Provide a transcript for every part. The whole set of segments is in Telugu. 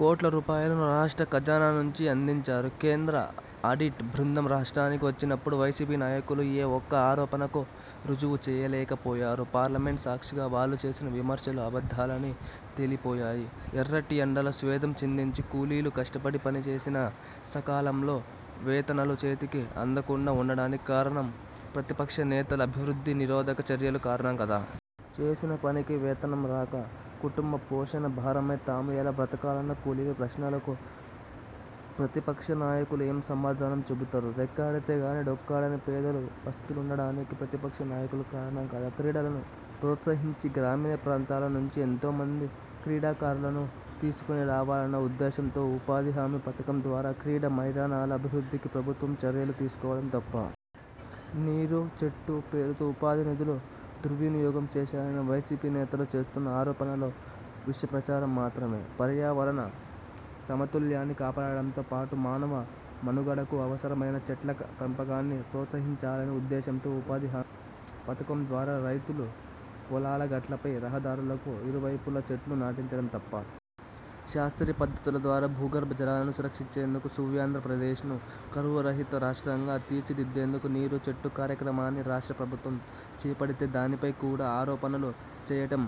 కోట్ల రూపాయలను రాష్ట్ర ఖజానా నుంచి అందించారు. కేంద్ర ఆడిట్ బృందం రాష్ట్రానికి వచ్చినప్పుడు వైసీపీ నాయకులు ఏ ఒక్క ఆరోపణను రుజువు చేయలేకపోయారు. పార్లమెంటు సాక్షిగా వాళ్లు చేసిన విమర్శలు అబద్ధాలని తేలిపోయాయి. ఎర్రటి ఎండలో స్వేదం చిందించి కూలీలు కష్టపడి పనిచేసినా సకాలంలో వేతనాలు చేతికి అందకుండా ఉండానికి కారణం ప్రతిపక్ష నేతల అభివృద్ధి నిరోధక చర్యలు కారణం కాదా? చేసిన పనికి వేతనం రాక, కుటుంబ పోషణ భారమై, తాము ఎలా బతకాలన్న కూలీల ప్రశ్నలకు ప్రతిపక్ష నాయకులు ఏం సమాధానం చెబుతారు? రెక్కాడితే గానీ డొక్కాడని పేదలు పస్తులుండడానికి ప్రతిపక్ష నాయకులు కారణం కాదా? క్రీడలను ప్రోత్సహించి గ్రామీణ ప్రాంతాల నుంచి ఎంతో మంది క్రీడాకారులను తీసుకొని రావాలన్న ఉద్దేశంతో ఉపాధి హామీ పథకం ద్వారా క్రీడా మైదానాల అభివృద్ధికి ప్రభుత్వం చర్యలు తీసుకోవటం తప్పా? నీరు–చెట్టు పేరుతో ఉపాధి నిధులు దుర్వినియోగం చేశారని వైసీపీ నేతలు చేస్తున్న ఆరోపణలు విష ప్రచారం మాత్రమే. పర్యావరణ సమతుల్యాన్ని కాపాడడంతో పాటు మానవ మనుగడకు అవసరమైన చెట్ల పెంపకాన్ని ప్రోత్సహించాలనే ఉద్దేశంతో ఉపాధి హామీ పథకం ద్వారా రైతులు పొలాల గట్లపై, రహదారులకు ఇరువైపుల చెట్లు నాటించటం తప్పా? శాస్త్రీయ పద్ధతుల ద్వారా భూగర్భ జలాలను సంరక్షించేందుకు సూర్యంధ్రప్రదేశ్ను కరువు రహిత రాష్ట్రంగా తీర్చిదిద్దేందుకు నీరు–చెట్టు కార్యక్రమాన్ని రాష్ట్ర ప్రభుత్వం చేపడితే దానిపై కూడా ఆరోపణలు చేయటం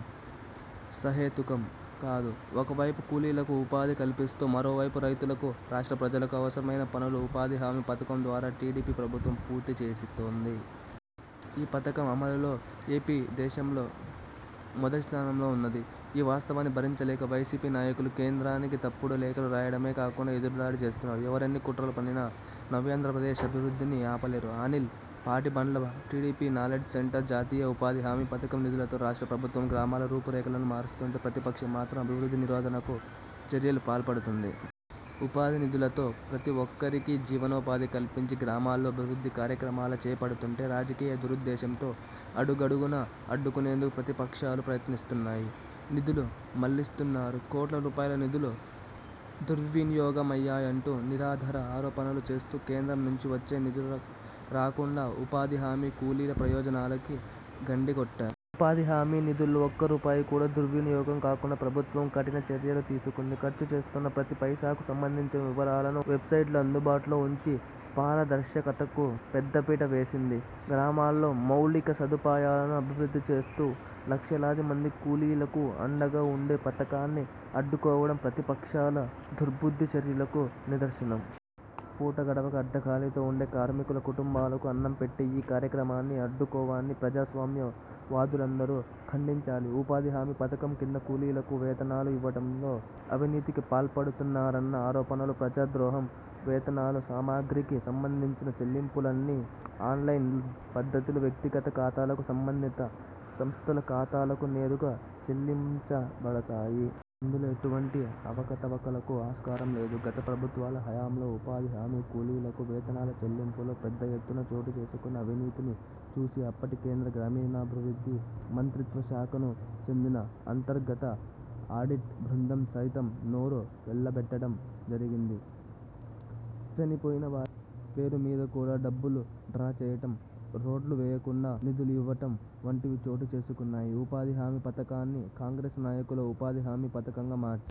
సహేతుకం కాదు. ఒక వైపు కూలీలకు ఉపాధి కల్పిస్తూ మరోవైపు రైతులకు, రాష్ట్ర ప్రజలకు అవసరమైన పనులు ఉపాధిహామీ పథకం ద్వారా టీడీపీ ప్రభుత్వం పూర్తి చేస్తోంది. ఈ పథకం అమలులో ఏపీ దేశంలో మొదటి స్థానంలో ఉన్నది. ఈ వాస్తవాన్ని భరించలేక వైసీపీ నాయకులు కేంద్రానికి తప్పుడు లేఖలు రాయడమే కాకుండా ఎదురుదాడి చేస్తున్నారు. ఎవరెన్ని కుట్రలు పన్నినా నవ్యాంధ్రప్రదేశ్ అభివృద్ధిని ఆపలేరు. అనిల్ పాటిబండ్లటీడీపీ నాలెడ్జ్ సెంటర్ జాతీయ ఉపాధి హామీ పథకం నిధులతో రాష్ట్ర ప్రభుత్వం గ్రామాల రూపురేఖలను మారుస్తుంటే, ప్రతిపక్షం మాత్రం అభివృద్ధి నిరోధనకు చర్యలు పాల్పడుతుంది. ఉపాధి నిధులతో ప్రతి ఒక్కరికీ జీవనోపాధి కల్పించి గ్రామాల్లో అభివృద్ధి కార్యక్రమాలు చేపడుతుంటే రాజకీయ దురుద్దేశంతో అడుగడుగునా అడ్డుకునేందుకు ప్రతిపక్షాలు ప్రయత్నిస్తున్నాయి. నిధులు మళ్లిస్తున్నారు, కోట్ల రూపాయల నిధులు దుర్వినియోగమయ్యాయంటూ నిరాధార ఆరోపణలు చేస్తూ కేంద్రం నుంచి వచ్చే నిధులు రాకుండా ఉపాధిహామీ కూలీల ప్రయోజనాలకి గండికొట్టారు. ఉపాధిహామీ నిధుల్లో ఒక్కరూపాయి కూడా దుర్వినియోగం కాకుండా ప్రభుత్వం కఠిన చర్యలు తీసుకుంది. ఖర్చుచేస్తున్న ప్రతి పైసాకు సంబంధించిన వివరాలను వెబ్సైట్లో అందుబాటులో ఉంచి పారదర్శకతకు పెద్దపీట వేసింది. గ్రామాల్లో మౌలిక సదుపాయాలను అభివృద్ధి చేస్తూ లక్షలాది మంది కూలీలకు అండగా ఉండే పథకాన్ని అడ్డుకోవడం ప్రతిపక్షాల దుర్బుద్ధి చర్యలకు నిదర్శనం. పూట గడవక అర్ధాకలితో ఉండే కార్మికుల కుటుంబాలకు అన్నం పెట్టే ఈ కార్యక్రమాన్ని అడ్డుకోవాన్ని ప్రజాస్వామ్యం వాదులందరూ ఖండించాలి. ఉపాధి హామీ పథకం కింద కూలీలకు వేతనాలు ఇవ్వడంలో అవినీతికి పాల్పడుతున్నారన్న ఆరోపణలు ప్రజా ద్రోహం. వేతనాలు, సామగ్రికి సంబంధించిన చెల్లింపులన్నీ ఆన్లైన్ పద్ధతిలో వ్యక్తిగత ఖాతాలకు, సంబంధిత సంస్థల ఖాతాలకు నేరుగా చెల్లించబడతాయి. ఇందులో ఎటువంటి అవకతవకలకు ఆస్కారం లేదు. గత ప్రభుత్వాల హయాంలో ఉపాధి హామీ కూలీలకు వేతనాల చెల్లింపులో పెద్ద ఎత్తున చోటుచేసుకున్న అవినీతిని చూసి అప్పటి కేంద్ర గ్రామీణాభివృద్ధి మంత్రిత్వ శాఖను చెందిన అంతర్గత ఆడిట్ బృందం సైతం నోరు వెళ్లబెట్టడం జరిగింది. చనిపోయినవారి పేరుమీద కూడా డబ్బులు డ్రా చేయటం, రోడ్లు వేయకుండా నిధులు ఇవ్వటం వంటివి చోటు చేసుకున్నాయి. ఉపాధి హామీ పథకాన్ని కాంగ్రెస్ నాయకుల ఉపాధి హామీ పథకంగా మార్చి